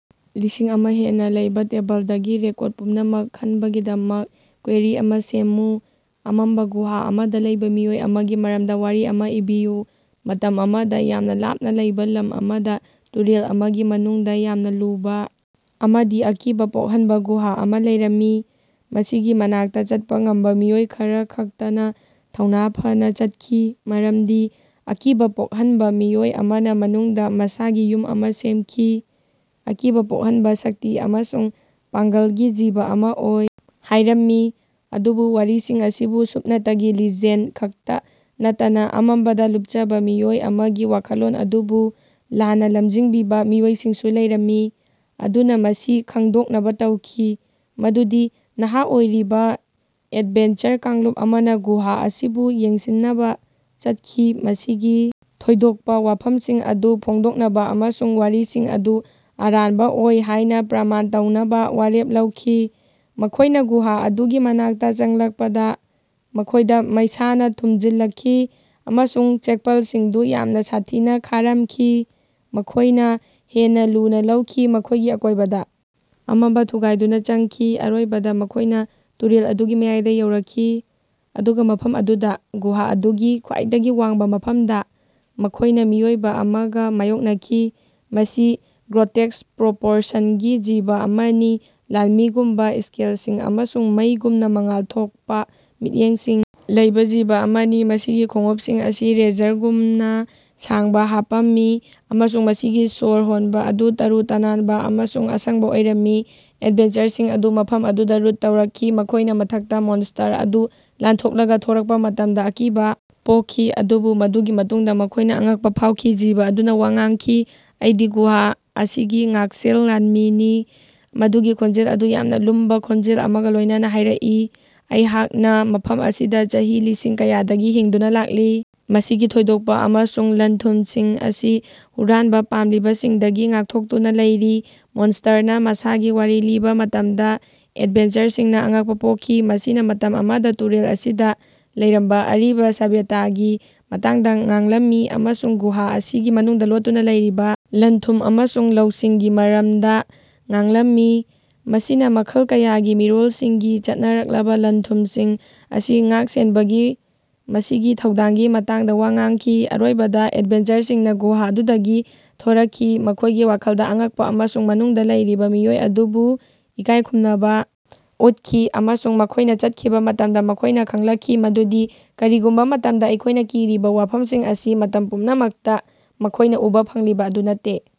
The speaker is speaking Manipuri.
ꯂꯤꯁꯤꯡ ꯑꯃ ꯍꯦꯟꯅ ꯂꯩꯕꯥ ꯇꯦꯕꯜꯗꯒꯤ ꯔꯦꯀꯣꯔꯗ ꯄꯨꯝꯅꯃꯛ ꯈꯟꯕꯒꯤꯗꯃꯛ ꯀ꯭ꯋꯦꯔꯤ ꯑꯃꯥ ꯁꯦꯝꯃꯨ꯫ ꯑꯃꯝꯕ ꯒꯨꯍꯥ ꯑꯃꯗ ꯂꯩꯕꯥ ꯃꯤꯑꯣꯏ ꯑꯃꯒꯤ ꯃꯔꯝꯗ ꯋꯥꯔꯤ ꯑꯃ ꯏꯕꯤꯌꯨ꯫ ꯃꯇꯝ ꯑꯃꯗ ꯌꯥꯝꯅ ꯂꯥꯞꯅ ꯂꯩꯕ ꯂꯝ ꯑꯃꯗ ꯇꯨꯔꯦꯜ ꯑꯃꯒꯤ ꯃꯅꯨꯡꯗ ꯌꯥꯝꯅ ꯂꯨꯕ ꯑꯃꯗꯤ ꯑꯀꯤꯕꯥ ꯄꯣꯛꯍꯟꯕ ꯒꯨꯍꯥ ꯑꯃ ꯂꯩꯔꯝꯃꯤ꯫ ꯃꯁꯤꯒꯤ ꯃꯅꯥꯛꯇ ꯆꯠꯄ ꯉꯝꯕ ꯃꯤꯑꯣꯏ ꯈꯔꯈꯛꯇꯅ ꯊꯧꯅ ꯐꯅꯥ ꯆꯠꯈꯤ ꯃꯔꯝꯗꯤ ꯑꯀꯤꯕꯥ ꯄꯣꯛꯍꯟꯕ ꯃꯤꯑꯣꯏ ꯑꯃꯅ ꯃꯅꯨꯡꯗ ꯃꯁꯥꯒꯤ ꯌꯨꯝ ꯑꯃ ꯁꯦꯝꯈꯤ ꯑꯀꯤꯕ ꯄꯣꯛꯍꯟꯕ ꯁꯛꯇꯤ ꯑꯃꯁꯨꯡ ꯄꯥꯡꯒꯜꯒꯤ ꯖꯤꯕ ꯑꯃ ꯑꯣꯏ ꯍꯥꯢꯔꯝꯃꯤ꯫ ꯑꯗꯨꯕꯨ ꯋꯥꯔꯤꯁꯤꯡ ꯑꯁꯤꯕꯨ ꯁꯨꯞꯅꯇꯒꯤ ꯂꯤꯖꯦꯟꯗ ꯈꯛꯇ ꯅꯠꯇꯅ ꯑꯃꯝꯕꯗ ꯂꯨꯞꯆꯕ ꯃꯤꯑꯣꯏ ꯑꯃꯒꯤ ꯋꯥꯈꯜꯂꯣꯟ ꯑꯗꯨꯕꯨ ꯂꯥꯟꯅꯥ ꯂꯝꯖꯤꯡꯕꯤꯕ ꯃꯤꯑꯣꯏꯁꯤꯡꯁꯨ ꯂꯩꯔꯝꯃꯤ꯫ ꯑꯗꯨꯅ ꯃꯁꯤ ꯈꯪꯗꯣꯛꯅꯕ ꯇꯧꯈꯤ ꯃꯗꯨꯗꯤ ꯅꯍꯥ ꯑꯣꯏꯔꯤꯕ ꯑꯦꯗꯚꯦꯟꯆꯔ ꯀꯥꯡꯂꯨꯞ ꯑꯃꯅ ꯒꯨꯍꯥ ꯑꯁꯤꯕꯨ ꯌꯦꯡꯁꯤꯟꯅꯕ ꯆꯠꯈꯤ ꯃꯁꯤꯒꯤ ꯊꯣꯏꯗꯣꯛꯄ ꯋꯥꯐꯝꯁꯤꯡ ꯑꯗꯨ ꯐꯣꯡꯗꯣꯛꯅꯕ ꯑꯃꯁꯨꯡ ꯋꯥꯔꯤꯁꯤꯡ ꯑꯗꯨ ꯑꯔꯥꯟꯕ ꯑꯣꯏ ꯍꯥꯢꯅ ꯄ꯭ꯔꯃꯥꯟ ꯇꯧꯅꯕ ꯋꯥꯔꯦꯞ ꯂꯧꯈꯤ꯫ ꯃꯈꯣꯢꯅ ꯒꯨꯍꯥ ꯑꯗꯨꯒꯤ ꯃꯅꯥꯛꯇ ꯆꯪꯂꯛꯄꯗ ꯃꯈꯣꯏꯗ ꯃꯩꯁꯥꯅ ꯊꯨꯝꯖꯤꯜꯂꯛꯈꯤ ꯑꯃꯁꯨꯡ ꯆꯦꯛꯄꯜꯁꯤꯡꯗꯨ ꯌꯥꯝꯅ ꯁꯥꯊꯤꯅ ꯈꯥꯔꯝꯈꯤ꯫ ꯃꯈꯣꯢꯅ ꯍꯦꯟꯅ ꯂꯨꯅ ꯂꯧꯈꯤ ꯃꯈꯣꯢꯒꯤ ꯑꯀꯣꯢꯕꯗ ꯑꯃꯝꯕ ꯊꯨꯒꯥꯢꯗꯨꯅ ꯆꯪꯈꯤ ꯑꯔꯣꯏꯕꯗ ꯃꯈꯣꯏꯅ ꯇꯨꯔꯦꯜ ꯑꯗꯨꯒꯤ ꯃꯌꯥꯏꯗ ꯌꯧꯔꯛꯈꯤ꯫ ꯑꯗꯨꯒ ꯃꯐꯝ ꯑꯗꯨꯗ ꯒꯨꯍꯥ ꯑꯗꯨꯒꯤ ꯈ꯭ꯋꯥꯏꯗꯒꯤ ꯋꯥꯡꯕꯥ ꯃꯐꯝꯗ ꯃꯈꯣꯢꯅ ꯃꯤꯑꯣꯏꯕ ꯑꯃꯒ ꯃꯥꯌꯣꯛꯅꯈꯤ꯫ ꯃꯁꯤ ꯒ꯭ꯔꯣꯇꯦꯁ꯭ꯛ ꯄ꯭ꯔꯣꯄꯣꯔꯁꯟꯒꯤ ꯖꯤꯕ ꯑꯃꯅꯤ ꯂꯥꯟꯃꯤꯒꯨꯝꯕꯥ ꯁ꯭ꯀꯦꯜꯁꯤꯡ ꯑꯃꯁꯨꯡ ꯃꯩꯒꯨꯝꯅ ꯃꯉꯥꯜ ꯊꯣꯛꯄ ꯃꯤꯠꯌꯦꯡꯁꯤꯡ ꯂꯩꯕꯥ ꯖꯤꯕ ꯑꯃꯅꯤ꯫ ꯃꯁꯤꯒꯤ ꯈꯣꯡꯎꯞꯁꯤꯡ ꯑꯁꯤ ꯔꯦꯖꯔꯒꯨꯝꯅ ꯁꯥꯡꯕ ꯍꯥꯞꯄꯝꯃꯤ ꯑꯃꯁꯨꯡ ꯃꯁꯤꯒꯤ ꯁꯣꯔ ꯍꯣꯟꯕꯥ ꯑꯗꯨ ꯇꯔꯨ ꯇꯅꯥꯟꯕꯥ ꯑꯃꯁꯨꯡ ꯑꯁꯪꯕ ꯑꯣꯏꯔꯝꯃꯤ꯫ ꯑꯦꯗꯚꯦꯟꯆꯔꯁꯤꯡ ꯑꯗꯨ ꯃꯐꯝ ꯑꯗꯨꯗꯥ ꯔꯨꯠ ꯇꯧꯔꯛꯈꯤ ꯃꯈꯣꯢꯅ ꯃꯊꯛꯇ ꯃꯣꯟꯁꯇꯔ ꯑꯗꯨ ꯂꯥꯟꯊꯣꯛꯂꯒ ꯊꯣꯔꯛꯄ ꯃꯇꯝꯗ ꯑꯀꯤꯕ ꯄꯣꯛꯈꯤ꯫ ꯑꯗꯨꯕꯨ ꯃꯗꯨꯒꯤ ꯃꯇꯨꯡꯗ ꯃꯈꯣꯢꯅ ꯑꯉꯛꯄ ꯐꯥꯎꯈꯤ ꯖꯤꯕ ꯑꯗꯨꯅ ꯋꯥ ꯉꯥꯡꯈꯤ꯫ ꯑꯩꯗꯤ ꯒꯨꯍꯥ ꯑꯁꯤꯒꯤ ꯉꯥꯛꯁꯦꯜ ꯂꯥꯟꯃꯤꯅꯤ ꯃꯗꯨꯒꯤ ꯈꯣꯟꯖꯦꯜ ꯑꯗꯨ ꯌꯥꯝꯅ ꯂꯨꯝꯕ ꯈꯣꯟꯖꯦꯜ ꯑꯃꯒ ꯂꯣꯢꯅꯅꯥ ꯍꯥꯌꯔꯛꯏ꯫ ꯑꯩꯍꯥꯛꯅꯥ ꯃꯐꯝ ꯑꯁꯤꯗꯥ ꯆꯍꯤ ꯂꯤꯁꯤꯡ ꯀꯌꯥꯗꯒꯤ ꯍꯤꯡꯗꯨꯅꯥ ꯂꯥꯛꯂꯤ ꯃꯁꯤꯒꯤ ꯊꯣꯏꯗꯣꯛꯄ ꯑꯃꯁꯨꯡ ꯂꯟ-ꯊꯨꯝꯁꯤꯡ ꯑꯁꯤ ꯍꯨꯔꯥꯟꯕꯥ ꯄꯥꯝꯂꯤꯕꯁꯤꯡꯗꯒꯤ ꯉꯥꯛꯊꯣꯛꯇꯨꯅ ꯂꯩꯔꯤ꯫ ꯃꯣꯟꯁꯇꯔꯅ ꯃꯁꯥꯒꯤ ꯋꯥꯔꯤ ꯂꯤꯕꯥ ꯃꯇꯝꯗ ꯑꯦꯗꯚꯦꯟꯆꯔꯁꯤꯡꯅ ꯑꯉꯛꯄ ꯄꯣꯛꯈꯤ꯫ ꯃꯁꯤꯅ ꯃꯇꯝ ꯑꯃꯗ ꯇꯨꯔꯦꯜ ꯑꯁꯤꯗ ꯂꯩꯔꯝꯕ ꯑꯔꯤꯕꯥ ꯁꯚ꯭ꯌꯇꯥꯒꯤ ꯃꯇꯥꯡꯗ ꯉꯥꯡꯂꯝꯃꯤ ꯑꯃꯁꯨꯡ ꯒꯨꯍꯥ ꯑꯁꯤꯒꯤ ꯃꯅꯨꯡꯗ ꯂꯣꯠꯇꯨꯅꯥ ꯂꯩꯔꯤꯕꯥ ꯂꯟ-ꯊꯨꯝ ꯑꯃꯁꯨꯡ ꯂꯧꯁꯤꯡꯒꯤ ꯃꯔꯝꯗ ꯉꯥꯡꯂꯝꯃꯤ꯫ ꯃꯁꯤꯅꯥ ꯃꯈꯜ ꯀꯌꯥꯒꯤ ꯃꯤꯔꯣꯜꯁꯤꯡꯒꯤ ꯆꯠꯅꯔꯛꯂꯕꯥ ꯂꯟ-ꯊꯨꯝꯁꯤꯡ ꯑꯁꯤ ꯉꯥꯛ-ꯁꯦꯟꯕꯒꯤ ꯃꯁꯤꯒꯤ ꯊꯧꯗꯥꯡꯒꯤ ꯃꯇꯥꯡꯗꯥ ꯋꯥ ꯉꯥꯡꯈꯤ꯫ ꯑꯔꯣꯏꯕꯗ ꯑꯦꯗꯚꯦꯟꯆꯔꯁꯤꯡꯅꯥ ꯒꯨꯍꯥ ꯑꯗꯨꯗꯒꯤ ꯊꯣꯔꯛꯈꯤ ꯃꯈꯣꯢꯒꯤ ꯋꯥꯈꯜꯗ ꯑꯉꯛꯄ ꯑꯃꯁꯨꯡ ꯃꯅꯨꯡꯗ ꯂꯩꯔꯤꯕ ꯃꯤꯑꯣꯏ ꯑꯗꯨꯕꯨ ꯏꯀꯥꯢ ꯈꯨꯝꯅꯕ ꯎꯠꯈꯤ꯫ ꯑꯃꯁꯨꯡ ꯃꯈꯣꯢꯅ ꯆꯠꯈꯤꯕ ꯃꯇꯝꯗ ꯃꯈꯣꯢꯅ ꯈꯪꯂꯛꯈꯤ ꯃꯗꯨꯗꯤ ꯀꯔꯤꯒꯨꯝꯕꯥ ꯃꯇꯝꯗ ꯑꯩꯈꯣꯢꯅ ꯀꯤꯔꯤꯕ ꯋꯥꯐꯝꯁꯤꯡ ꯑꯁꯤ ꯃꯇꯝ ꯄꯨꯝꯅꯃꯛꯇ ꯃꯈꯣꯢꯅ ꯎꯕ ꯐꯪꯂꯤꯕ ꯑꯗꯨ ꯅꯠꯇꯦ꯫